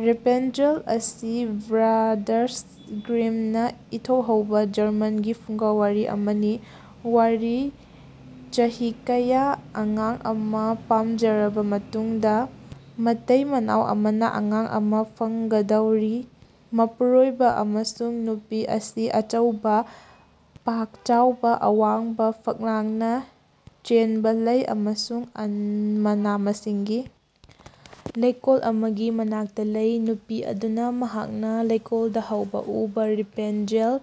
Rapunzel ꯑꯁꯤ brothers ꯒ꯭ꯔꯤꯝꯅ ꯏꯊꯣꯛꯍꯧꯕ ꯖꯔꯃꯟꯒꯤ ꯐꯨꯡꯒꯥꯋꯥꯔꯤ ꯑꯃꯅꯤ꯫ ꯋꯥꯔꯤ ꯆꯍꯤ ꯀꯌꯥ ꯑꯉꯥꯡ ꯑꯃꯥ ꯄꯥꯝꯖꯔꯕ ꯃꯇꯨꯡꯗ, ꯃꯇꯩ-ꯃꯅꯥꯎ ꯑꯃꯅ ꯑꯉꯥꯡ ꯑꯃꯥ ꯐꯪꯒꯗꯧꯔꯤ꯫ ꯃꯄꯨꯔꯣꯏꯕ ꯑꯃꯁꯨꯡ ꯅꯨꯄꯤ ꯑꯁꯤ ꯑꯆꯧꯕ, ꯄꯥꯛ ꯆꯥꯎꯕ, ꯑꯋꯥꯡꯕ ꯐꯛꯂꯥꯡꯅ ꯆꯦꯟꯕ ꯂꯩ ꯑꯃꯁꯨꯡ ꯃꯅꯥ-ꯃꯁꯤꯡꯒꯤ ꯂꯩꯀꯣꯜ ꯑꯃꯒꯤ ꯃꯅꯥꯛꯇ ꯂꯩ꯫ ꯅꯨꯄꯤ ꯑꯗꯨꯅ ꯃꯍꯥꯛꯅ ꯂꯩꯀꯣꯜꯗ ꯍꯧꯕ ꯎꯕ ꯔꯦꯄꯨꯟꯖꯦꯜ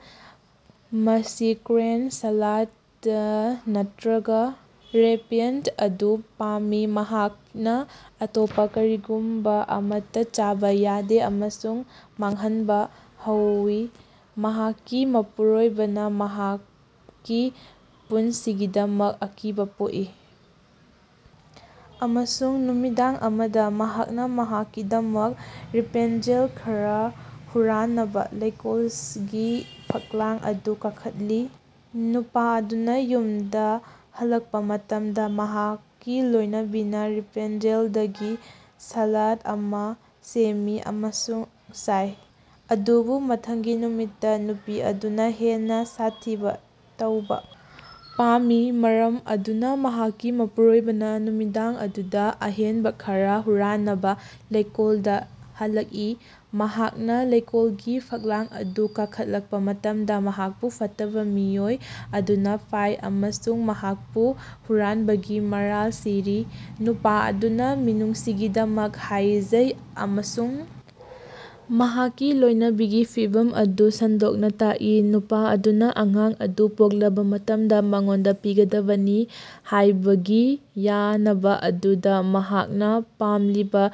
(ꯃꯁꯤ ꯀꯣꯔ꯭ꯟ ꯁꯥꯂꯥꯗ ꯅꯠꯇ꯭ꯔꯥꯒ ꯔꯦꯝꯄꯤꯌꯟ) ꯑꯗꯨ ꯄꯥꯝꯃꯤ꯫ ꯃꯍꯥꯛꯅ ꯑꯇꯣꯞꯄ ꯀꯔꯤꯒꯨꯝꯕ ꯑꯃꯠꯇ ꯆꯥꯕ ꯌꯥꯗꯦ ꯑꯃꯁꯨꯡ ꯃꯥꯡꯍꯟꯕ ꯍꯧꯋꯤ꯫ ꯃꯍꯥꯛꯀꯤ ꯃꯄꯨꯔꯣꯏꯕꯅ ꯃꯍꯥꯛꯀꯤ ꯄꯨꯟꯁꯤꯒꯤꯗꯃꯛ ꯑꯀꯤꯕ ꯄꯣꯛꯏ ꯑꯃꯁꯨꯡ ꯅꯨꯃꯤꯗꯥꯡ ꯑꯃꯗ, ꯃꯍꯥꯛꯅ ꯃꯍꯥꯛꯀꯤꯗꯃꯛꯇ ꯔꯦꯄꯟꯖꯦꯜ ꯈꯔ ꯍꯨꯔꯥꯟꯅꯕ ꯂꯩꯀꯣꯜꯒꯤ ꯐꯛꯂꯥꯡ ꯑꯗꯨ ꯀꯥꯈꯠꯂꯤ꯫ ꯅꯨꯄꯥ ꯑꯗꯨꯅ ꯌꯨꯝꯗ ꯍꯜꯂꯛꯄ ꯃꯇꯝꯗ, ꯃꯍꯥꯛꯀꯤ ꯂꯣꯏꯅꯕꯤꯅ ꯔꯦꯄꯨꯟꯖꯦꯜꯗꯒꯤ ꯁꯥꯂꯥꯗ ꯑꯃ ꯁꯦꯝꯃꯤ ꯑꯃꯁꯨꯡ ꯆꯥꯏ꯫ ꯑꯗꯨꯕꯨ ꯃꯊꯪꯒꯤ ꯅꯨꯃꯤꯠꯇ, ꯅꯨꯄꯤ ꯑꯗꯨꯅ ꯍꯦꯟꯅ ꯁꯥꯊꯤꯕ ꯇꯧꯕ ꯄꯥꯝꯃꯤ, ꯃꯔꯝ ꯑꯗꯨꯅ ꯃꯍꯥꯛꯀꯤ ꯃꯄꯨꯔꯣꯏꯕꯅ ꯅꯨꯃꯤꯗꯥꯡ ꯑꯗꯨꯗ ꯑꯍꯦꯟꯕ ꯈꯔ ꯍꯨꯔꯥꯟꯅꯕ ꯂꯩꯀꯣꯜꯗ ꯍꯜꯂꯛꯏ꯫ ꯃꯍꯥꯛꯅ ꯂꯩꯀꯣꯜꯒꯤ ꯐꯛꯂꯥꯡ ꯑꯗꯨ ꯀꯥꯈꯠꯂꯛꯄ ꯃꯇꯝꯗ, ꯃꯍꯥꯛꯄꯨ ꯐꯠꯇꯕ ꯃꯤꯑꯣꯏ ꯑꯗꯨꯅ ꯐꯥꯏ ꯑꯃꯁꯨꯡ ꯃꯍꯥꯛꯄꯨ ꯍꯨꯔꯥꯟꯕꯒꯤ ꯃꯔꯥꯜ ꯁꯤꯔꯤ꯫ ꯅꯨꯄꯥ ꯑꯗꯨꯅ ꯃꯤꯅꯨꯡꯁꯤꯒꯤꯗꯃꯛ ꯍꯥꯏꯖꯩ ꯑꯃꯁꯨꯡ ꯃꯍꯥꯛꯀꯤ ꯂꯣꯏꯅꯕꯤꯒꯤ ꯐꯤꯚꯝ ꯑꯗꯨ ꯁꯟꯗꯣꯛꯅ ꯇꯥꯛꯂꯤ꯫ ꯅꯨꯄꯥ ꯑꯗꯨꯅ ꯑꯉꯥꯡ ꯑꯗꯨ ꯄꯣꯛꯂꯕ ꯃꯇꯝꯗ ꯃꯉꯣꯟꯗ ꯄꯤꯒꯗꯕꯅꯤ ꯍꯥꯏꯕꯒꯤ ꯌꯥꯅꯕ ꯑꯗꯨꯗ ꯃꯍꯥꯛꯅ ꯄꯥꯝꯂꯤꯕ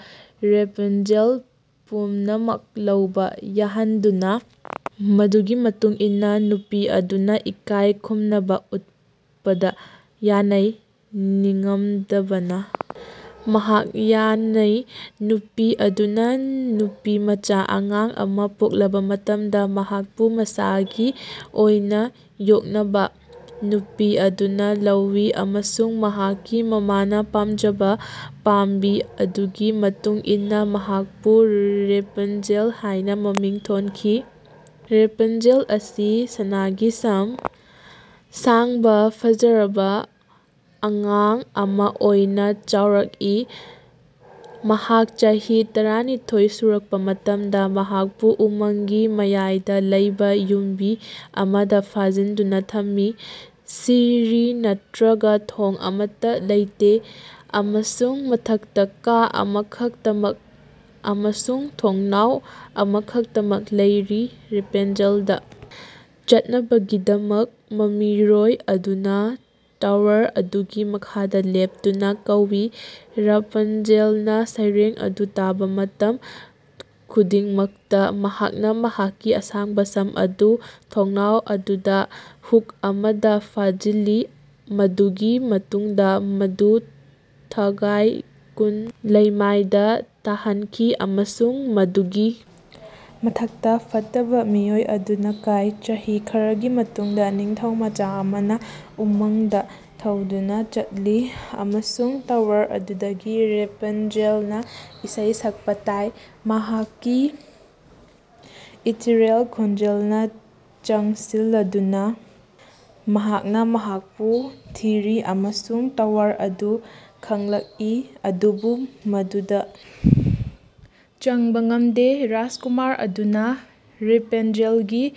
ꯔꯦꯄꯨꯟꯖꯦꯜ ꯄꯨꯝꯅꯃꯛ ꯂꯧꯕ ꯌꯥꯍꯟꯗꯨꯅ, ꯃꯗꯨꯒꯤ ꯃꯇꯨꯡ ꯏꯟꯅ ꯅꯨꯄꯤ ꯑꯗꯨꯅ ꯏꯀꯥꯏ ꯈꯨꯝꯅꯕ ꯎꯠꯄꯗ ꯌꯥꯅꯩ꯫ ꯅꯤꯡꯉꯝꯗꯕꯅ, ꯃꯍꯥꯛ ꯌꯥꯅꯩ꯫ ꯅꯨꯄꯤ ꯑꯗꯨꯅ ꯅꯨꯄꯤꯃꯆꯥ ꯑꯉꯥꯡ ꯑꯃꯥ ꯄꯣꯛꯂꯕ ꯃꯇꯝꯗ, ꯃꯍꯥꯛꯄꯨ ꯃꯁꯥꯒꯤ ꯑꯣꯏꯅ ꯌꯣꯛꯅꯕ ꯅꯨꯄꯤ ꯑꯗꯨꯅ ꯂꯧꯋꯤ ꯑꯃꯁꯨꯡ ꯃꯍꯥꯛꯀꯤ ꯃꯃꯥꯅ ꯄꯥꯝꯖꯕ ꯄꯥꯝꯕꯤ ꯑꯗꯨꯒꯤ ꯃꯇꯨꯡ ꯏꯟꯅ ꯃꯍꯥꯛꯄꯨ ꯔꯦꯄꯟꯖꯦꯜ ꯍꯥꯏꯅ ꯃꯃꯤꯡ ꯊꯣꯟꯈꯤ꯫ ꯔꯦꯄꯟꯖꯦꯜ ꯑꯁꯤ ꯁꯅꯥꯒꯤ ꯁꯝ ꯁꯥꯡꯕ ꯐꯖꯔꯕ ꯑꯉꯥꯡ ꯑꯃ ꯑꯣꯏꯅ ꯆꯥꯎꯔꯛꯏ꯫ ꯃꯍꯥꯛ ꯆꯍꯤ ꯇꯔꯥꯅꯤꯊꯣꯏ ꯁꯨꯔꯛꯄ ꯃꯇꯝꯗ, ꯃꯍꯥꯛꯄꯨ ꯎꯃꯪꯒꯤ ꯃꯌꯥꯏꯗ ꯂꯩꯕ ꯌꯨꯝꯕꯤ ꯑꯃꯗ ꯐꯥꯖꯤꯟꯗꯨꯅ ꯊꯝꯃꯤ, ꯁꯤꯔꯤ ꯅꯠꯇ꯭ꯔꯥꯒ ꯊꯣꯡ ꯑꯃꯠꯇ ꯂꯩꯇꯦ, ꯑꯃꯁꯨꯡ ꯃꯊꯛꯇ ꯀꯥ ꯑꯃꯈꯛꯇꯃꯛ ꯑꯃꯁꯨꯡ ꯊꯣꯡꯅꯥꯎ ꯑꯃꯈꯛꯇꯃꯛ ꯂꯩꯔꯤ꯫ ꯔꯦꯄꯟꯖꯦꯜꯗ ꯆꯠꯅꯕꯒꯤꯗꯃꯛ, ꯃꯃꯤꯔꯣꯏ ꯑꯗꯨꯅ ꯇꯋꯥꯔ ꯑꯗꯨꯒꯤ ꯃꯈꯥꯗ ꯂꯦꯞꯇꯨꯅ ꯀꯧꯏ: ꯔꯥꯄꯟꯖꯦꯜꯅ ꯁꯩꯔꯦꯡ ꯑꯗꯨ ꯇꯥꯕ ꯃꯇꯝ ꯈꯨꯗꯤꯡꯃꯛꯇ, ꯃꯍꯥꯛꯅ ꯃꯍꯥꯛꯀꯤ ꯑꯁꯥꯡꯕ ꯁꯝ ꯑꯗꯨ ꯊꯣꯡꯅꯥꯎ ꯑꯗꯨꯗ ꯍꯨꯛ ꯑꯃꯗ ꯐꯥꯖꯤꯜꯂꯤ ꯃꯗꯨꯒꯤ ꯃꯇꯨꯡꯗ ꯃꯗꯨ ꯊꯒꯥꯏ ꯀꯨꯟ ꯂꯩꯃꯥꯏꯗ ꯇꯥꯍꯟꯈꯤ, ꯑꯃꯁꯨꯡ ꯃꯗꯨꯒꯤ ꯃꯊꯛꯇ ꯐꯠꯇꯕ ꯃꯤꯑꯣꯏ ꯑꯗꯨꯅ ꯀꯥꯏ꯫ ꯆꯍꯤ ꯈꯔꯒꯤ ꯃꯇꯨꯡꯗ, ꯅꯤꯡꯊꯧꯃꯆꯥ ꯑꯃꯅ ꯎꯃꯪꯗ ꯊꯧꯗꯨꯅ ꯆꯠꯂꯤ ꯑꯃꯁꯨꯡ ꯇꯋꯥꯔ ꯑꯗꯨꯗꯒꯤ ꯔꯦꯄꯟꯖꯦꯜꯅ ꯏꯁꯩ ꯁꯛꯄ ꯇꯥꯏ꯫ ꯃꯍꯥꯛꯀꯤ ꯏꯊꯦꯔꯤꯌꯦꯜ ꯈꯣꯟꯖꯦꯜꯅ ꯆꯪꯁꯤꯜꯂꯗꯨꯅ, ꯃꯍꯥꯛꯅ ꯃꯍꯥꯛꯄꯨ ꯊꯤꯔꯤ ꯑꯃꯁꯨꯡ ꯇꯋꯥꯔ ꯑꯗꯨ ꯈꯪꯂꯛꯏ, ꯑꯗꯨꯕꯨ ꯃꯗꯨꯗ ꯆꯪꯕ ꯉꯝꯗꯦ꯫ ꯔꯥꯖꯀꯨꯃꯥꯔ ꯑꯗꯨꯅ ꯔꯦꯄꯟꯖꯦꯜꯒꯤ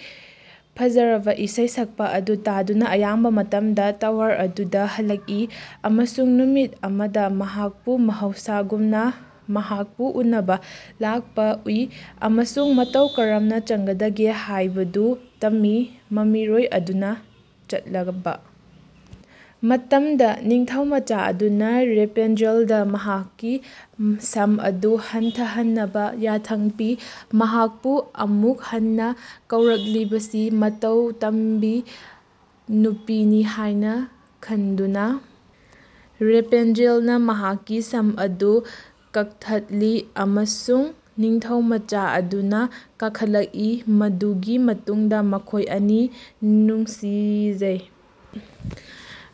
ꯐꯖꯔꯕ ꯏꯁꯩ ꯁꯛꯄ ꯑꯗꯨ ꯇꯥꯗꯨꯅ ꯑꯌꯥꯝꯕ ꯃꯇꯝꯗ ꯇꯋꯥꯔ ꯑꯗꯨꯗ ꯍꯜꯂꯛꯏ, ꯑꯃꯁꯨꯡ ꯅꯨꯃꯤꯠ ꯑꯃꯗ ꯃꯍꯥꯛꯄꯨ ꯃꯍꯧꯁꯥꯒꯨꯝꯅ ꯃꯍꯥꯛꯄꯨ ꯎꯅꯕ ꯂꯥꯛꯄ ꯎꯏ ꯑꯃꯁꯨꯡ ꯃꯇꯧ ꯀꯔꯝꯅ ꯆꯪꯒꯗꯒꯦ ꯍꯥꯏꯕꯗꯨ ꯇꯝꯃꯤ꯫ ꯃꯃꯤꯔꯣꯏ ꯑꯗꯨꯅ ꯆꯠꯂꯕ ꯃꯇꯝꯗ, ꯅꯤꯡꯊꯧꯃꯆꯥ ꯑꯗꯨꯅ ꯔꯦꯄꯟꯖꯦꯜꯗ ꯃꯍꯥꯛꯀꯤ ꯁꯝ ꯑꯗꯨ ꯍꯟꯊꯍꯟꯅꯕ ꯌꯥꯊꯪ ꯄꯤ꯫ ꯃꯍꯥꯛꯄꯨ ꯑꯃꯨꯛ ꯍꯟꯅ ꯀꯧꯔꯛꯂꯤꯕꯁꯤ ꯃꯇꯧ ꯇꯝꯕꯤ ꯅꯨꯄꯤꯅꯤ ꯍꯥꯏꯅ ꯈꯟꯗꯨꯅ, ꯔꯦꯄꯟꯖꯦꯜꯅ ꯃꯍꯥꯛꯀꯤ ꯁꯝ ꯑꯗꯨ ꯀꯛꯊꯠꯂꯤ ꯑꯃꯁꯨꯡ ꯅꯤꯡꯊꯧꯃꯆꯥ ꯑꯗꯨꯅ ꯀꯥꯈꯠꯂꯛꯏ꯫ ꯃꯗꯨꯒꯤ ꯃꯇꯨꯡꯗ ꯃꯈꯣꯏ ꯑꯅꯤ ꯅꯨꯡꯁꯤꯖꯩ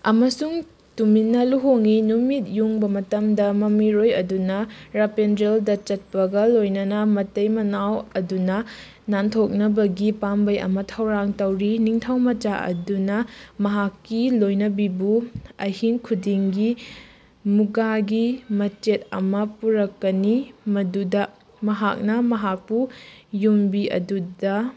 ꯑꯃꯁꯨꯡ ꯇꯨꯃꯤꯟꯅ ꯂꯨꯍꯣꯡꯏ꯫ ꯅꯨꯃꯤꯠ ꯌꯨꯡꯕ ꯃꯇꯝꯗ ꯃꯃꯤꯔꯣꯏ ꯑꯗꯨꯅ ꯔꯥꯄꯟꯖꯦꯜꯗ ꯆꯠꯄꯒ ꯂꯣꯏꯅꯅ, ꯃꯇꯩ-ꯃꯅꯥꯎ ꯑꯗꯨꯅ ꯅꯥꯟꯊꯣꯛꯅꯕꯒꯤ ꯄꯥꯝꯕꯩ ꯑꯃ ꯊꯧꯔꯥꯡ ꯇꯧꯔꯤ: ꯅꯤꯡꯊꯧꯃꯆꯥ ꯑꯗꯨꯅ ꯃꯍꯥꯛꯀꯤ ꯂꯣꯏꯅꯕꯤꯕꯨ ꯑꯍꯤꯡ ꯈꯨꯗꯤꯡꯒꯤ ꯃꯨꯒꯥꯒꯤ ꯃꯆꯦꯠ ꯑꯃ ꯄꯨꯔꯛꯀꯅꯤ ꯃꯗꯨꯗ ꯃꯍꯥꯛꯅ ꯃꯍꯥꯛꯄꯨ ꯌꯨꯝꯕꯤ ꯑꯗꯨꯗ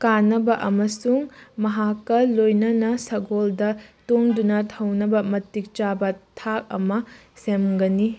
ꯀꯥꯅꯕ ꯑꯃꯁꯨꯡ ꯃꯍꯥꯛꯀ ꯂꯣꯏꯅꯅ ꯁꯒꯣꯜꯗ ꯇꯣꯡꯗꯨꯅ ꯊꯧꯅꯕ ꯃꯇꯤꯛ ꯆꯥꯕ ꯊꯥꯛ ꯑꯃ ꯁꯦꯝꯒꯅꯤ꯫